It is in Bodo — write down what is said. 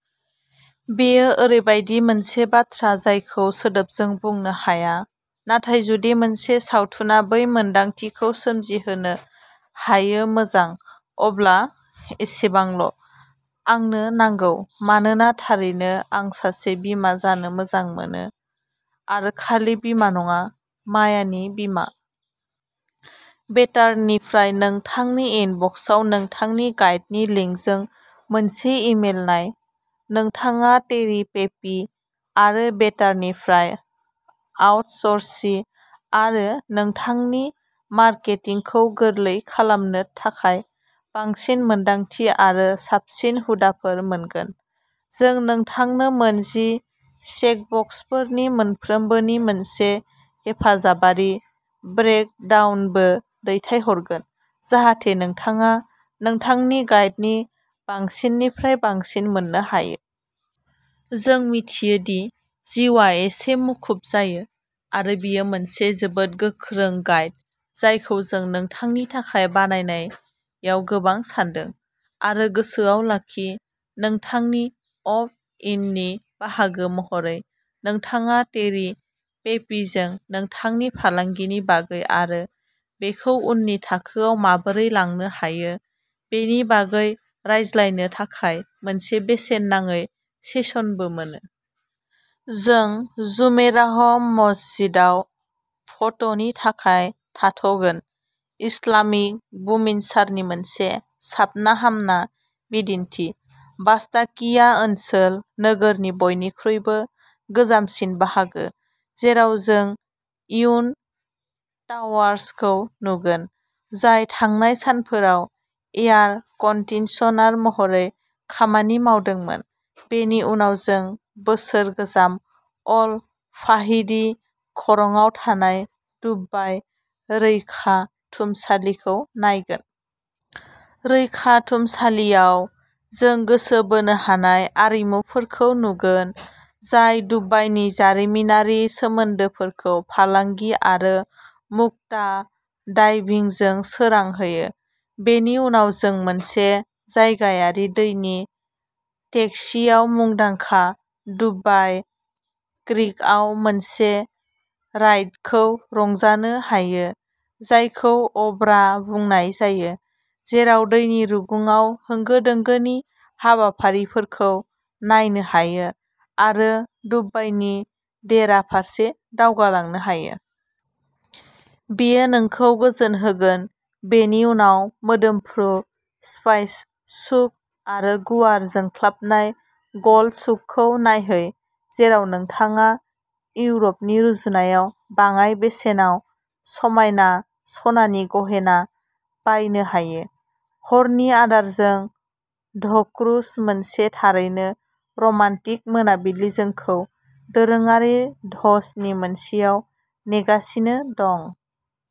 बेयो ओरैबायदि मोनसे बाथ्रा जायखौ सोदोबजों बुंनो हाया। नाथाय जुदि मोनसे सावथुना बै मोनदांथिखौ सोमजिहोनो हायोमोजां, अब्ला एसेबांल'। आंनो नांगौ। मानोना, थारैनो, आं सासे बिमा जानो मोजां मोनो। आरो खालि बिमा नङाः मायानि बिमा। बेटार निफ्राय नोंथांनि इनबक्सआव नोंथांनि गाइडनि लिंकजों मोनसे इमेल नाय। नोंथाङा टेरि पेपि आरो बेटार निफ्राय आउटसर्सिं आरो नोंथांनि मार्केटिंखौ गोरलै खालामनो थाखाय बांसिन मोनदांथि आरो साबसिन हुदाफोर मोनगोन। जों नोंथांनो मोनजि चेकबक्सफोरनि मोनफ्रोमबोनि मोनसे हेफाजाबारि ब्रेकडाउनबो दैथायहरगोन जाहाथे नोंथाङा नोंथांनि गाइदनि बांसिननिफ्राय बांसिन मोननो हायो। जों मिथियो दि जिउआ एसे मुखुब जायो, आरो बेयो मोनसे जोबोद गोख्रों गाइड जायखौ जों नोंथांनि थाखाय बानायनायाव गोबां सानदों। आरो गोसोआव लाखि, नोंथांनि अप्ट-इननि बाहागो महरै, नोंथाङा टेरि पेपिजों नोंथांनि फालांगिनि बागै आरो बेखौ उननि थाखोआव माबोरै लांनो हायो बेनि बागै रायज्लायनो थाखाय मोनसे बेसेन नाङै सेसनबो मोनो। जों जुमेराह मस्जिदाव फट'नि थाखाय थाथ'गोन-इस्लामिक बुमिनसारनि मोनसे साबना हामना बिदिन्थि, बास्ताकिया ओनसोल-नोगोरनि बयनिख्रुइबो गोजामसिन बाहागो, जेराव जों उइन्ड टावार्सखौ नुगोन जाय थांनाय सानफोराव एयार-कन्डिसनार महरै खामानि मावदोंमोन। बेनि उनाव जों बोसोर गोजाम अल फाहिदी खरंआव थानाय दुबाइ रैखाथुमसालिखौ नायगोन। रैखाथुमसालियाव, जों गोसो बोनो हानाय आरिमुफोरखौ नुगोन, जाय दुबाइनि जारिमिनारि सोमोन्दोफोरखौ फालांगि आरो मुक्ता डाइभिंजों सोरां होयो। बेनि उनाव जों मोनसे जायगायारि दैनि टेक्सिआव मुंदांखा दुबाइ क्रीकआव मोनसे राइडखौ रंजानो हायो, जायखौ "अब्रा" बुंनाय जायो, जेराव दैनि रुगुंआव होंगो दोंगोनि हाबाफारिफोरखौ नायनो हायो आरो दुबाइनि देइरा फारसे दावगालांनो हायो। बेयो नोंखौ गोजोन होगोन। बेनि उनाव मोदोमफ्रु स्पाइस सुक आरो गुवार जोंख्लाबनाय गल्ड सुकखौ नायहै जेराव नोंथाङा इउरपनि रुजुनायाव बाङाय बेसेनाव समायना सनानि गहेना बायनो हायो। हरनि आदारजों ध'क्रुज-मोनसे थारैनो रमान्टिक मोनाबिलि जोंखौ दोरोङारि ध'स नि मोनसेयाव नेगासिनो दं।